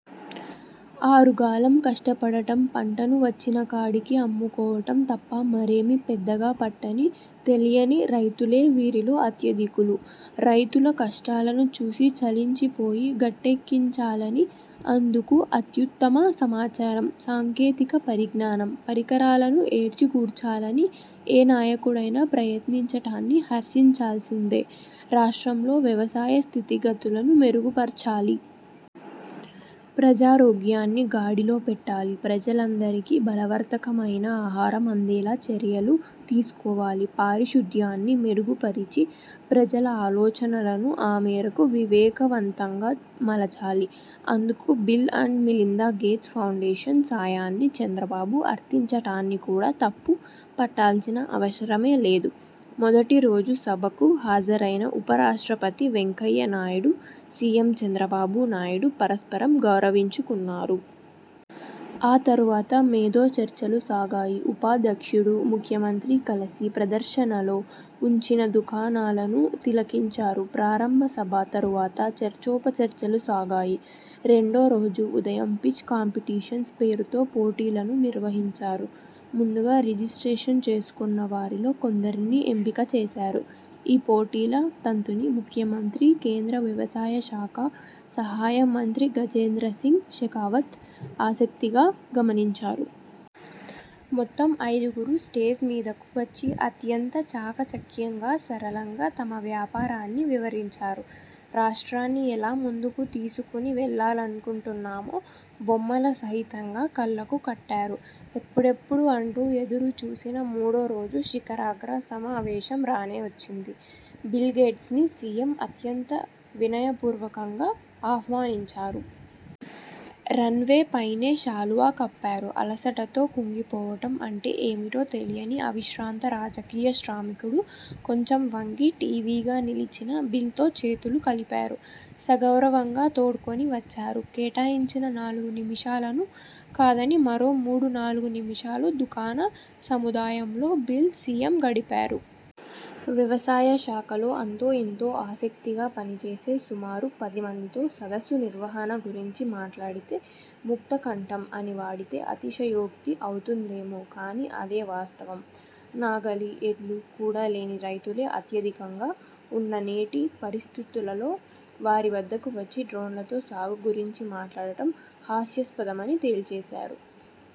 ఆరుగాలం కష్టపడటం, పంటను వచ్చినకాడికి అమ్ముకోవటం తప్ప మరేమీ పెద్దగా పట్టని, తెలియని రైతులే వీరిలో అత్యధికులు. రైతుల కష్టాలను చూసి చలించిపోయి, గట్టెక్కించాలనీ, అందుకు అత్యుత్తమ సమాచారం, సాంకేతిక పరిజ్ఞానం, పరికరాలను ఏర్చికూర్చాలనీ ఏ నాయకుడైనా ప్రయత్నించటాన్ని హర్షించాల్సిందే. రాష్ట్రంలో వ్యవసాయ స్థితిగతులను మెరుగుపరచాలి. ప్రజారోగ్యాన్ని గాడిలో పెట్టాలి. ప్రజలందరికీ బలవర్థకమైన ఆహారం అందేలా చర్యలు తీసుకోవాలి. పారిశుద్ధ్యాన్ని మెరుగుపరిచి, ప్రజల ఆలోచనలను ఆ మేరకు వివేకవంతంగా మలచాలి. అందుకు Bill and Melinda Gates Foundation సాయాన్ని చంద్రబాబు అర్థించటాన్ని కూడా తప్పు పట్టాల్సిన అవసరమే లేదు. మొదటి రోజు సభకు హాజరైన ఉప రాష్ట్రపతి వెంకయ్యనాయుడు, సీఎం చంద్రబాబు నాయుడు పరస్పరం గౌరవించుకున్నారు. ఆ తరువాత మేధో చర్చలు సాగాయి. ఉపాధ్యక్షుడు, ముఖ్యమంత్రి కలసి ప్రదర్శనలో ఉంచిన దుకాణాలను తిలకించారు. ప్రారంభ సభ తరువాత చర్చోపచర్చలు సాగాయి. రెండో రోజు ఉదయం పిచ్ కాంపిటీషన్స్ పేరుతో పోటీలను నిర్వహించారు. ముందుగా రిజిస్ట్రేషన్ చేసుకున్న వారిలో కొందరిని ఎంపిక చేశారు. ఈ పోటీల తంతుని ముఖ్యమంత్రి, కేంద్ర వ్యవసాయ శాఖ సహాయ మంత్రి గజేంద్ర సింగ్ షెకావత్ ఆసక్తిగా గమనించారు. మొత్తం ఐదుగురు స్టేజ్ మీదకు వచ్చి అత్యంత చాకచక్యంగా, సరళంగా తమ వ్యాపారాన్ని వివరించారు. రాష్ట్రాన్ని ఎలా ముందుకు తీసుకుని వెళ్ళాలనుకుంటున్నామో బొమ్మల సహితంగా కళ్ళకు కట్టారు. ఎప్పుడెప్పుడా అంటూ ఎదురు చూసిన మూడోరోజు శిఖరాగ్ర సమావేశం రానే వచ్చింది. బిల్ గేట్స్ని సీఎం అత్యంత వినయపూర్వకంగా ఆహ్వానించారు. రన్ వే పైనే శాలువా కప్పారు. అలసటతో కుంగిపోవటం అంటే ఏమిటో తెలియని అవిశ్రాంత రాజకీయ శ్రామికుడు కొంచెం వంగి, ఠీవిగా నిలిచిన బిల్తో చేతులుకలిపారు. సగౌరవంగా తోడ్కొని వచ్చారు. కేటాయించిన నాలుగు నిమిషాలను కాదని మరో మూడు నాలుగు నిమిషాలు దుకాణ సముదాయంలో బిల్, సీఎం గడిపారు. వ్యవసాయ శాఖలో అంతో ఇంతో ఆసక్తిగా పనిచేసే సుమారు పది మందితో సదస్సు నిర్వహణ గురించి మాట్లాడితే ముక్త కంఠం అని వాడితే అతిశయోక్తి అవుతుందేమో కానీ అదే వాస్తవం. నాగలి, ఎడ్లు కూడా లేని రైతులే అత్యధికంగా వున్న నేటి పరిస్థితులలో వారి వద్దకు వచ్చి డ్రోన్లతో సాగు గురించి మాట్లాడటం హాస్యాస్పదమని తేల్చేశారు.